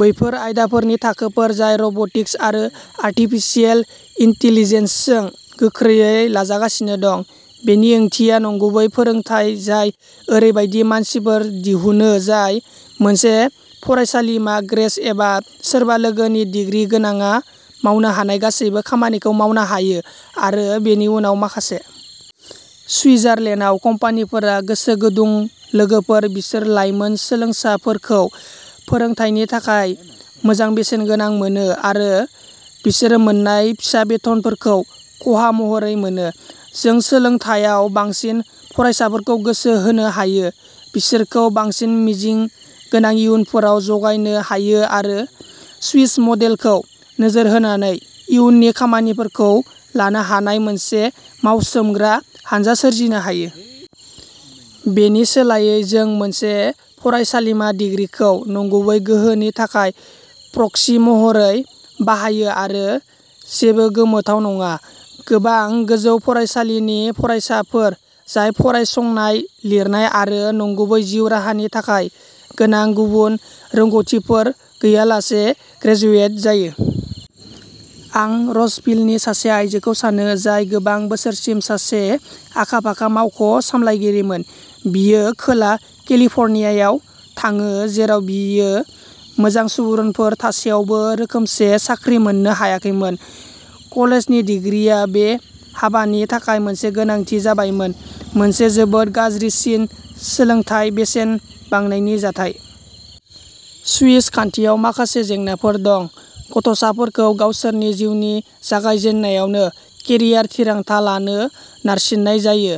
बैफोर आयदाफोरनि थाखोफोर जाय रब'टिक्स आरो आर्टिफिसियेल इन्टेलिजेन्सजों गोख्रैयै लाजागासिनो दं। बेनि ओंथिया नंगुबै फोरोंथाय जाय ओरैबायदि मानसिफोर दिहुनो जाय मोनसे फरायसालिमा ग्रेज एबा सोरबा लोगोनि दिग्रि गोनांआ मावनो हानाय गासैबो खामानिखौ मावनो हायो, आरो बेनि उनाव माखासे। सुइजारलेन्डआव, कम्पानिफोरा गोसो गुदुं लोगोफोर बिसोर लाइमोन सोलोंसाफोरखौ फोरोंथायनि थाखाय मोजां बेसेनगोनां मोनो आरो बिसोर मोन्नाय फिसा बेथनफोरखौ खहा महरै मोनो। जों सोलोंथायाव बांसिन फरायसाफोरखौ गोसो होनो हायो, बिसोरखौ बांसिन मिजिं गोनां इयुनफोराव जागायनो हायो आरो स्विस मडेलखौ नोजोर होनानै इयुननि खामानिफोरखौ लानो हानाय मोनसे मावसोमग्रा हानजा सोरजिनो हायो। बेनि सोलायै, जों मोनसे फरायसालिमा दिग्रिखौ नंगुबै गोहोनि थाखाय प्रक्सि महरै बाहायो आरो जेबो गोमोथाव नङा, गोबां गोजौ फरायसालिनि फरायसाफोर जाय फरायसंनाय, लिरनाय आरो नंगुबै जिउ राहानि थाखाय गोनां गुबुन रोंग'थिफोर गैयालासे ग्रेजुवेट जायो। आं रजभिलनि सासे आयजोखौ सानो, जाय गोबां बोसोरसिम सासे आखा-फाखा मावख' सामलायगिरिमोन। बियो खोला केलिफर्नियायाव थाङो, जेराव बियो मोजां सुबुरुनफोर थासेयावबो रोखोमसे साख्रि मोननो हायाखैमोन। कलेजनि डिग्रीआ बे हाबानि थाखाय मोनसे गोनांथि जाबायमोन, मोनसे जोबोद गाज्रिसिन सोलोंथाय बेसेन बांनायनि जाथाय। स्विस खान्थियाव माखासे जेंनाफोर दं। गथ'साफोरखौ गावसोरनि जिउनि जागायजेन्नायावनो केरियार थिरांथा लानो नारसिननाय जायो।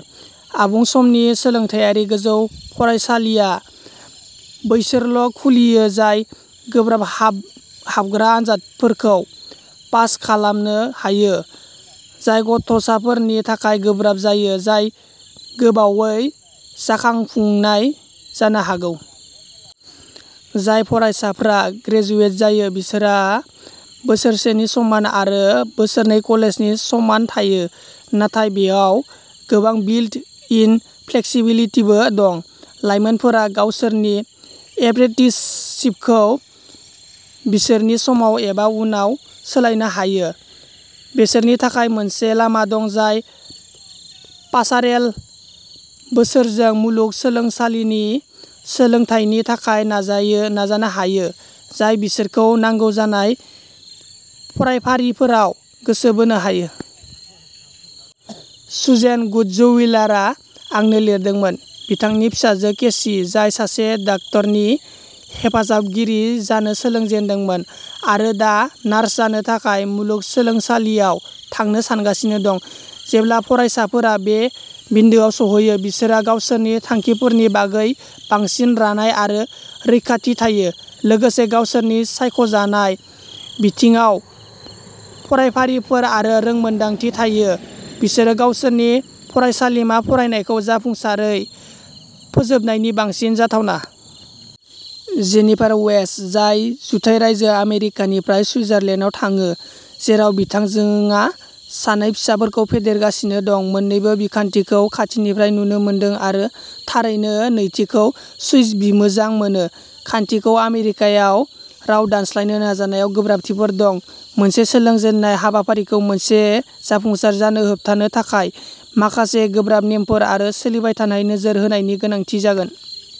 आबुं समनि सोलोंथायारि गोजौ फरायसालिआ बैसोरल' खुलियो, जाय गोब्राब हाब हाबग्रा आनजादफोरखौ पास खालामनो हायो, जाय गथ'साफोरनि थाखाय गोब्राब जायो, जाय गोबावै जाखांफुनाय जानो हागौ। जाय फरायसाफ्रा ग्रेजुवेट जायो बिसोरहा बोसोरसेनि समान आरो बोसोरनै कलेजनि समान थायो। नाथाय बेयाव गोबां बिल्ट इन फ्लेक्सिबिलिटिबो दं। लाइमोनफोरा गावसोरनि एप्रेन्टिसशिपखौ बिसोरनि समाव एबा उनाव सोलायनो हायो। बिसोरनि थाखाय मोनसे लामा दं जाय पासारेल बोसोरजों मुलुग सोलोंसालिनि सोलोंथायनि थाखाय नाजायो नाजानो हायो, जाय बिसोरखौ नांगौ जानाय फरायफारिफोराव गोसो बोनो हायो। सुजेन गुट्जविलारआ आंनो लिरदोंमोन। बिथांनि फिसाजो केसि, जाय सासे डाक्टारनि हेफाजाबगिरि जानो सोलोंजेनदोंमोन, आरो दा नार्स जानो थाखाय मुलुगसोलोंसालियाव थांनो सानगासिनो दं। जेब्ला फरायसाफोरा बे बिन्दोआव सौहैयो, बिसोरहा गावसोरनि थांखिफोरनि बागै बांसिन रानाय आरो रोखाथि थायो, लोगोसे गावसोरनि सायख'जानाय बिथिङाव फरायफारिफोर आरो रोंमोनदांथि थायो बिसोर गावसोरनि फरायसालिमा फरायनायखौ जाफुंसारै फोजोबनायनि बांसिन जाथावना। जेनिफार वेइस, जाय जुथाइ रायजो आमेरिकानिफ्राय सुइजारलेन्डआव थाङो, जेराव बिथाजोङा सानै फिसाफोरखौ फेदेरगासिनो दं, मोन्नैबो बिखान्थिखौ खाथिनिफ्राय नुनो मोनदों आरो थारैनो नैथिखौ सुइस बिमोजां मोनो। खान्थिखौ आमेरिकायाव राव दानस्लायनो नाजानायाव गोब्राबथिफोर दं। मोनसे सोलोंजेननाय हाबाफारिखौ मोनसे जाफुंसार जानो होबथानो थाखाय माखासे गोब्राब नेमफोर आरो सोलिबाय थानाय नोजोर होनायनि गोनांथि जागोन।